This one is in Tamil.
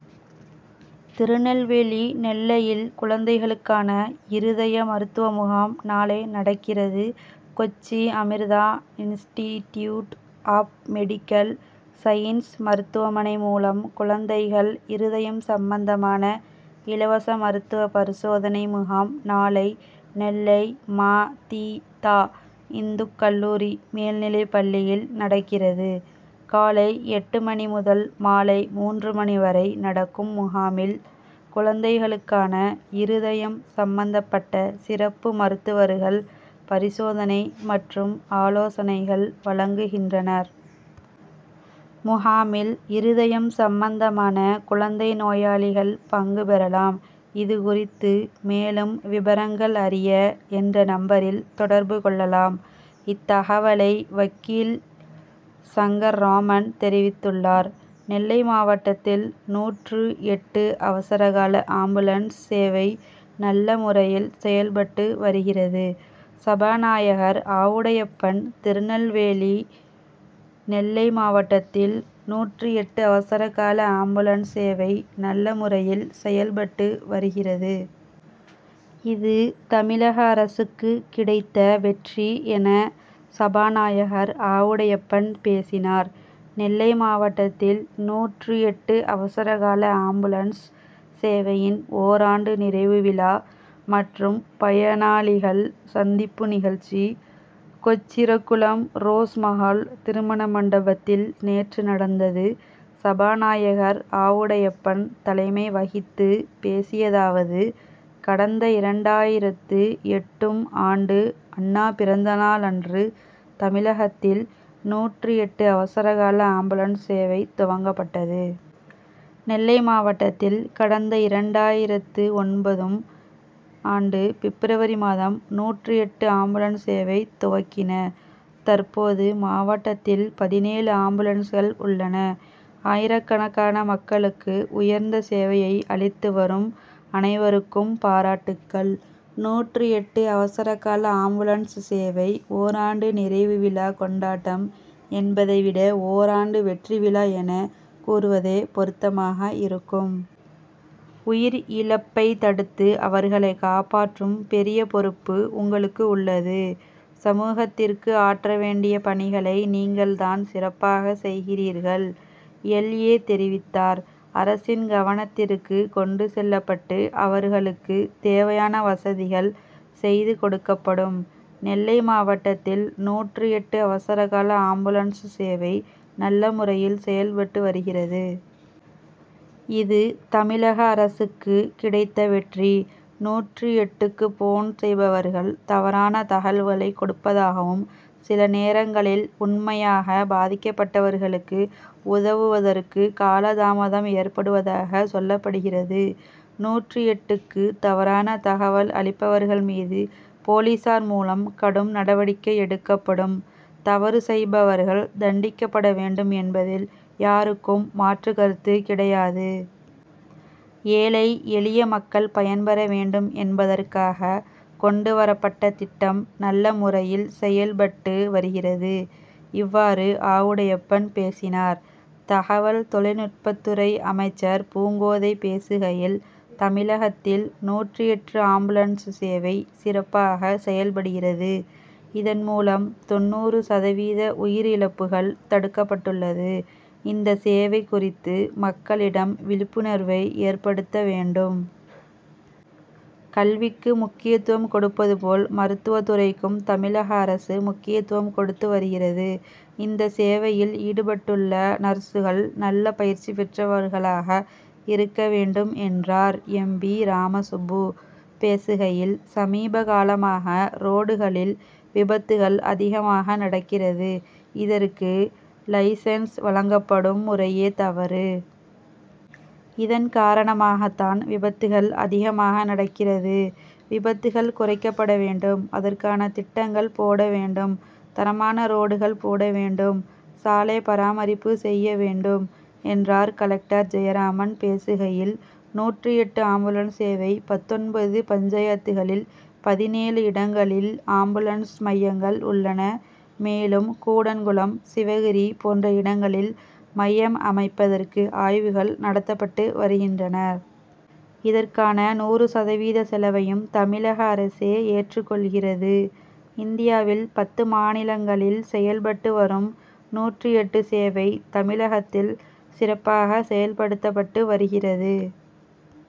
திருநெல்வேலி நெல்லையில் குழந்தைகளுக்கான இருதய மருத்துவ முகாம் நாளை நடக்கிறது. Kochi Amrita institute of medical science மருத்துவமனை மூலம் குழந்தைகள் இருதயம் சம்பந்தமான இலவச மருத்துவ பரிசோதனை முகாம் நாளை நெல்லை ம. தி. தா. இந்துக் கல்லூரி மேல்நிலைப்பள்ளியில் நடக்கிறது. காலை எட்டு மணி முதல் மாலை மூன்று மணி வரை நடக்கும் முகாமில் குழந்தைகளுக்கான இருதயம் சம்பந்தப்பட்ட சிறப்பு மருத்துவர்கள் பரிசோதனை மற்றும் ஆலோசனைகள் வழங்குகின்றனர். முகாமில் இருதயம் சம்பந்தமான குழந்தை நோயாளிகள் பங்கு பெறலாம். இதுகுறித்து மேலும் விபரங்கள் அறிய, என்ற நம்பரில் தொடர்பு கொள்ளலாம். இத்தகவலை வக்கீல் சங்கர்ராமன் தெரிவித்துள்ளார். நெல்லை மாவட்டத்தில் நூற்று எட்டு அவசரகால ஆம்புலன்ஸ் சேவை நல்ல முறையில் செயல்பட்டு வருகிறது சபாநாயகர் ஆவுடையப்பன் திருநெல்வேலி நெல்லை மாவட்டத்தில் நூற்று எட்டு அவசரகால ஆம்புலன்ஸ் சேவை நல்ல முறையில் செயல்பட்டு வருகிறது. இது தமிழக அரசுக்கு கிடைத்த வெற்றி என சபாநாயகர் ஆவுடையப்பன் பேசினார். நெல்லை மாவட்டத்தில் நூற்று எட்டு அவசரகால ஆம்புலன்ஸ் சேவையின் ஓராண்டு நிறைவு விழா மற்றும் பயனாளிகள் சந்திப்பு நிகழ்ச்சி, கொக்கிரகுளம் ரோஸ் மகால் திருமண மண்டபத்தில் நேற்று நடந்தது. சபாநாயகர் ஆவுடையப்பன் தலைமை வகித்து பேசியதாவது: கடந்த இரண்டாயிரத்து எட்டு ம் ஆண்டு அண்ணா பிறந்தநாள் அன்று தமிழகத்தில் நூற்று எட்டு அவசரகால ஆம்புலன்ஸ் சேவை துவங்கப்பட்டது. நெல்லை மாவட்டத்தில் கடந்த இரண்டாயிரத்து ஒன்பது ம் ஆண்டு பிப்ரவரி மாதம் நூற்று எட்டு ஆம்புலன்ஸ் சேவை துவக்கின. தற்போது மாவட்டத்தில் பதினேழு ஆம்புலன்ஸ்கள் உள்ளன. ஆயிரக்கணக்கான மக்களுக்கு உயர்ந்த சேவையை அளித்துவரும் அனைவருக்கும் பாராட்டுக்கள். நூற்று எட்டு அவசரகால ஆம்புலன்ஸ் சேவை ஓராண்டு நிறைவு விழா கொண்டாட்டம் என்பதை விட ஓராண்டு வெற்றிவிழா' என கூறுவதே பொருத்தமாக இருக்கும். உயிர் இழப்பை தடுத்து அவர்களை காப்பாற்றும் பெரிய பொறுப்பு உங்களுக்கு உள்ளது. சமூகத்திற்கு ஆற்றவேண்டிய பணிகளை நீங்கள் தான் சிறப்பாக செய்கிறீர்கள். எல். ஏ.,தெரிவித்தார். அரசின் கவனத்திற்கு கொண்டு செல்லப்பட்டு அவர்களுக்கு தேவையான வசதிகள் செய்துகொடுக்கப்படும். நெல்லை மாவட்டத்தில் நூற்று எட்டு அவசரகால ஆம்புலன்ஸ் சேவை நல்லமுறையில் செயல்பட்டு வருகிறது. இது தமிழக அரசுக்கு கிடைத்த வெற்றி. நூற்று எட்டுக்கு போன் செய்பவர்கள் தவறான தகவல்களை கொடுப்பதாகவும், சில நேரங்களில் உண்மையாக பாதிக்கப்பட்டவர்களுக்கு உதவுவதற்கு காலதாமதம் ஏற்படுவதாக சொல்லப்படுகிறது. நூற்று எட்டுக்கு தவறான தகவல்கள் அளிப்பவர்கள் மீது போலீசார் மூலம் கடும் நடவடிக்கை எடுக்கப்படும். தவறு செய்பவர்கள் தண்டிக்கப்படவேண்டும் என்பதில் யாருக்கும் மாற்றுகருத்து கிடையாது. ஏழை, எளிய மக்கள் பயன்பெற வேண்டும் என்பதற்காக கொண்டுவரப்பட்ட திட்டம் நல்ல முறையில் செயல்படுத்தப்பட்டு வருகிறது. இவ்வாறு ஆவுடையப்பன் பேசினார். தகவல் தொழில்நுட்பத்துறை அமைச்சர் பூங்கோதை பேசுகையில், தமிழகத்தில் நூற்று எட்டு ஆம்புலன்ஸ் சேவை சிறப்பாக செயல்படுகிறது. இதன்மூலம் தொண்ணூறு சதவீத உயிர் இழப்புகள் தடுக்கப்பட்டுள்ளது. இந்த சேவை குறித்து மக்களிடம் விழிப்புணர்வை ஏற்படுத்த வேண்டும். கல்விக்கு முக்கியத்துவம் கொடுப்பது போல், மருத்துவ துறைக்கும் தமிழக அரசு முக்கியத்துவம் கொடுத்து வருகிறது. இந்த சேவையில் ஈடுபட்டுள்ள நர்சுகள் நல்ல பயிற்சி பெற்றவர்களாக இருக்க வேண்டும். 'என்றார். எம். பி.,ராமசுப்பு பேசுகையில், சமீபகாலமாக ரோடுகளில் விபத்துகள் அதிகமாக நடக்கிறது. இதற்கு லைசென்ஸ்' வழங்கப்படும் முறையே தவறு. இதன் காரணமாக தான் விபத்துகள் அதிகமாக நடக்கிறது. விபத்துகள் குறைக்கப்படவேண்டும். அதற்கான திட்டங்கள் போடவேண்டும். தரமான ரோடுகள் போடவேண்டும். சாலைபராமரிப்பு செய்யவேண்டும். 'என்றார். கலெக்டர் ஜெயராமன் பேசுகையில், நூற்று எட்டு ஆம்புலன்ஸ் சேவை பத்தொன்பது பஞ்சாயத்துகளில் பதினேழு இடங்களில் ஆம்புலன்ஸ் மையங்கள் உள்ளன. மேலும் கூடன்குளம், சிவகிரி போன்ற இடங்களில் மையம் அமைப்பதற்கு ஆய்வுகள் நடத்தப்பட்டு வருகின்றன. இதற்கான நூறு சதவீத செலவையும் தமிழக அரசே ஏற்றுக்கொள்கிறது. இந்தியாவில் பத்து மாநிலங்களில் செயல்பட்டு வரும் நூற்று எட்டு சேவை தமிழகத்தில் சிறப்பாக செயல்படுத்தப்பட்டு வருகிறது.